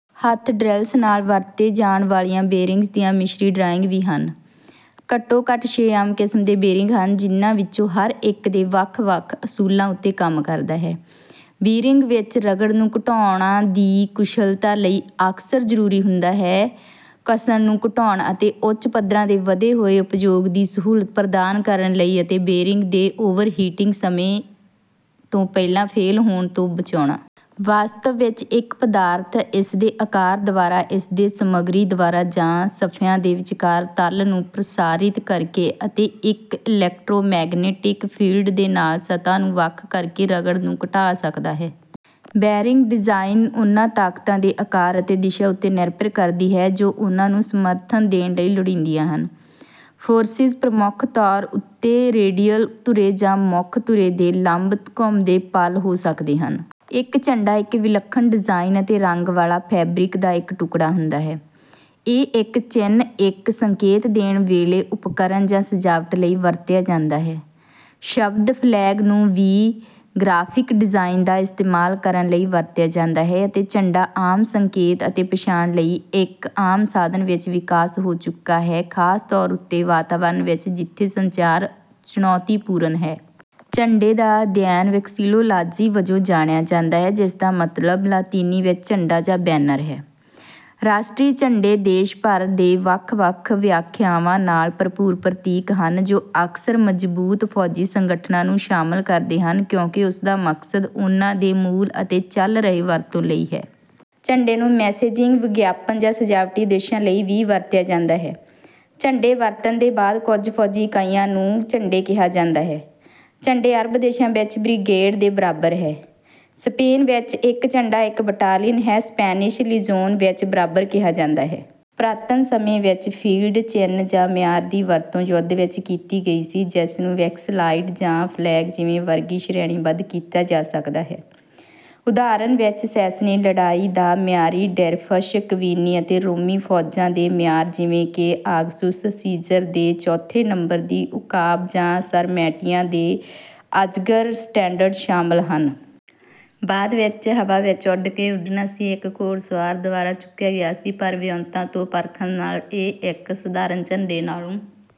ਹੱਥ ਡ੍ਰਿਲਸ ਨਾਲ ਵਰਤੇ ਜਾਣ ਵਾਲੀਆਂ ਬੇਅਰਿੰਗਜ਼ ਦੀਆਂ ਮਿਸਰੀ ਡਰਾਇੰਗ ਵੀ ਹਨ। ਘੱਟੋ ਘੱਟ ਛੇ ਆਮ ਕਿਸਮ ਦੇ ਬੇਅਰਿੰਗ ਹਨ ਜਿਨ੍ਹਾਂ ਵਿੱਚੋਂ ਹਰ ਇੱਕ ਦੇ ਵੱਖ ਵੱਖ ਅਸੂਲਾਂ ਉੱਤੇ ਕੰਮ ਕਰਦਾ ਹੈ। ਬੀਅਰਿੰਗ ਵਿੱਚ ਰਗੜ ਨੂੰ ਘਟਾਉਣਾ ਦੀ ਕੁਸ਼ਲਤਾ ਲਈ ਅਕਸਰ ਜ਼ਰੂਰੀ ਹੁੰਦਾ ਹੈ ਘਸਨ ਨੂੰ ਘਟਾਉਣ ਅਤੇ ਉੱਚ ਪੱਧਰਾਂ ਤੇ ਵਧੇ ਹੋਏ ਉਪਯੋਗ ਦੀ ਸਹੂਲਤ ਪ੍ਰਦਾਨ ਕਰਨ ਲਈ ਅਤੇ ਬੇਰਿੰਗ ਦੇ ਓਵਰਹੀਟਿੰਗ ਅਤੇ ਸਮੇਂ ਤੋਂ ਪਹਿਲਾਂ ਫੇਲ ਹੋਣ ਤੋਂ ਬਚਾਉਣਾ। ਵਾਸਤਵ ਵਿੱਚ ਇੱਕ ਪਦਾਰਥ ਇਸਦੇ ਆਕਾਰ ਦੁਆਰਾ ਇਸਦੇ ਸਮਗਰੀ ਦੁਆਰਾ ਜਾਂ ਸਫਿਆਂ ਦੇ ਵਿਚਕਾਰ ਤਰਲ ਨੂੰ ਪ੍ਰਸਾਰਿਤ ਕਰਕੇ ਅਤੇ ਇੱਕ ਇਲੈਕਟ੍ਰੋਮੈਗਨੈਟਿਕ ਫੀਲਡ ਦੇ ਨਾਲ ਸਤਹਾਂ ਨੂੰ ਵੱਖ ਕਰਕੇ ਰਗੜ ਨੂੰ ਘਟਾ ਸਕਦਾ ਹੈ। ਬੈਰਿੰਗ ਡਿਜ਼ਾਈਨ ਉਨ੍ਹਾਂ ਤਾਕਤਾਂ ਦੇ ਆਕਾਰ ਅਤੇ ਦਿਸ਼ਾ ਉੱਤੇ ਨਿਰਭਰ ਕਰਦੀ ਹੈ ਜੋ ਉਹਨਾਂ ਨੂੰ ਸਮਰਥਨ ਦੇਣ ਲਈ ਲੋੜੀਂਦੀਆਂ ਹਨ। ਫੋਰਸਿਜ਼ ਪ੍ਰਮੁਖ ਤੌਰ ਉੱਤੇ ਰੇਡਿਅਲ ਧੁਰੇ ਜਾਂ ਮੁੱਖ ਧੁਰੇ ਤੇ ਲੰਬ ਘੁੰਮਦੇ ਪਲ ਹੋ ਸਕਦੇ ਹਨ। ਇੱਕ ਝੰਡਾ ਇੱਕ ਵਿਲੱਖਣ ਡਿਜ਼ਾਇਨ ਅਤੇ ਰੰਗ ਵਾਲਾ ਫੈਬਰਿਕ ਦਾ ਇੱਕ ਟੁਕੜਾ ਹੁੰਦਾ ਹੈ। ਇਹ ਇੱਕ ਚਿੰਨ੍ਹ ਇੱਕ ਸੰਕੇਤ ਦੇਣ ਵੇਲੇ ਉਪਕਰਣ ਜਾਂ ਸਜਾਵਟ ਲਈ ਵਰਤਿਆ ਜਾਂਦਾ ਹੈ। ਸ਼ਬਦ ਫਲੈਗ ਨੂੰ ਵੀ ਗ੍ਰਾਫਿਕ ਡਿਜ਼ਾਇਨ ਦਾ ਇਸਤੇਮਾਲ ਕਰਨ ਲਈ ਵਰਤਿਆ ਜਾਂਦਾ ਹੈ ਅਤੇ ਝੰਡਾ ਆਮ ਸੰਕੇਤ ਅਤੇ ਪਛਾਣ ਲਈ ਇੱਕ ਆਮ ਸਾਧਨ ਵਿੱਚ ਵਿਕਾਸ ਹੋ ਚੁੱਕਾ ਹੈ ਖਾਸ ਤੌਰ ਉੱਤੇ ਵਾਤਾਵਰਨ ਵਿੱਚ ਜਿੱਥੇ ਸੰਚਾਰ ਚੁਣੌਤੀਪੂਰਨ ਹੈ। ਝੰਡੇ ਦਾ ਅਧਿਐਨ ਵੈਕਸੀਲੋਲਾਜੀ ਵਜੋਂ ਜਾਣਿਆ ਜਾਂਦਾ ਹੈ ਜਿਸਦਾ ਮਤਲਬ ਲਾਤੀਨੀ ਵਿੱਚ ਝੰਡਾ ਜਾਂ ਬੈਨਰ ਹੈ। ਰਾਸ਼ਟਰੀ ਝੰਡੇ ਦੇਸ਼ ਭਰ ਦੇ ਵੱਖ ਵੱਖ ਵਿਆਖਿਆਵਾਂ ਨਾਲ ਭਰਪੂਰ ਪ੍ਰਤੀਕ ਹਨ ਜੋ ਅਕਸਰ ਮਜ਼ਬੂਤ ਫੌਜੀ ਸੰਗਠਨਾਂ ਨੂੰ ਸ਼ਾਮਲ ਕਰਦੇ ਹਨ ਕਿਉਂਕਿ ਉਸਦਾ ਮਕਸਦ ਉਨ੍ਹਾਂ ਦੇ ਮੂਲ ਅਤੇ ਚਲ ਰਹੇ ਵਰਤੋਂ ਲਈ ਹੈ। ਝੰਡੇ ਨੂੰ ਮੈਸੇਜਿੰਗ ਵਿਗਿਆਪਨ ਜਾਂ ਸਜਾਵਟੀ ਉਦੇਸ਼ਾਂ ਲਈ ਵੀ ਵਰਤਿਆ ਜਾਂਦਾ ਹੈ। ਝੰਡੇ ਵਰਤਣ ਦੇ ਬਾਅਦ ਕੁਝ ਫੌਜੀ ਇਕਾਈਆਂ ਨੂੰ ਝੰਡੇ ਕਿਹਾ ਜਾਂਦਾ ਹੈ। ਝੰਡੇ ਅਰਬ ਦੇਸ਼ਾਂ ਵਿੱਚ ਬ੍ਰਿਗੇਡ ਦੇ ਬਰਾਬਰ ਹੈ। ਸਪੇਨ ਵਿੱਚ ਇੱਕ ਝੰਡਾ ਇੱਕ ਬਟਾਲੀਅਨ ਹੈ ਸਪੈਨਿਸ਼ ਲੀਜੋਨ ਵਿੱਚ ਬਰਾਬਰ ਕਿਹਾ ਜਾਂਦਾ ਹੈ। ਪੁਰਾਤਨ ਸਮੇਂ ਵਿੱਚ ਫੀਲਡ ਚਿੰਨ੍ਹ ਜਾਂ ਮਿਆਰ ਦੀ ਵਰਤੋਂ ਯੁੱਧ ਵਿੱਚ ਕੀਤੀ ਗਈ ਸੀ ਜਿਸ ਨੂੰ ਵੈਕਸਲਾਇਡ ਜਾਂ ਫਲੈਗ ਜਿਵੇਂ ਵਰਗੀ ਸ਼੍ਰੇਣੀਬੱਧ ਕੀਤਾ ਜਾ ਸਕਦਾ ਹੈ। ਉਦਾਹਰਨ ਵਿੱਚ ਸੈਸਨੀਡ ਲੜਾਈ ਦਾ ਮਿਆਰੀ ਡਿਰਫਸ਼ ਕਵੀਨੀ ਅਤੇ ਰੋਮੀ ਫੌਜਾਂ ਦੇ ਮਿਆਰ ਜਿਵੇਂ ਕਿ ਆਗਸੁਸ ਸੀਜ਼ਰ ਦੇ ਚੌਥੇ ਨੰਬਰ ਦੀ ਉਕਾਬ ਜਾਂ ਸਰਮੈਟੀਆਂ ਦੇ ਅਜਗਰ ਸਟੈਂਡਰਡ ਸ਼ਾਮਲ ਹਨ। ਬਾਅਦ ਵਿੱਚ ਹਵਾ ਵਿੱਚ ਉੱਡ ਕੇ ਉੱਡਣਾ ਸੀ ਇੱਕ ਘੋੜਸਵਾਰ ਦੁਆਰਾ ਚੁੱਕਿਆ ਗਿਆ ਸੀ ਪਰ ਵਿਉਂਤਾਂ ਤੋਂ ਪਰਖਣ ਨਾਲ ਇਹ ਇੱਕ ਸਧਾਰਨ ਝੰਡੇ ਨਾਲੋਂ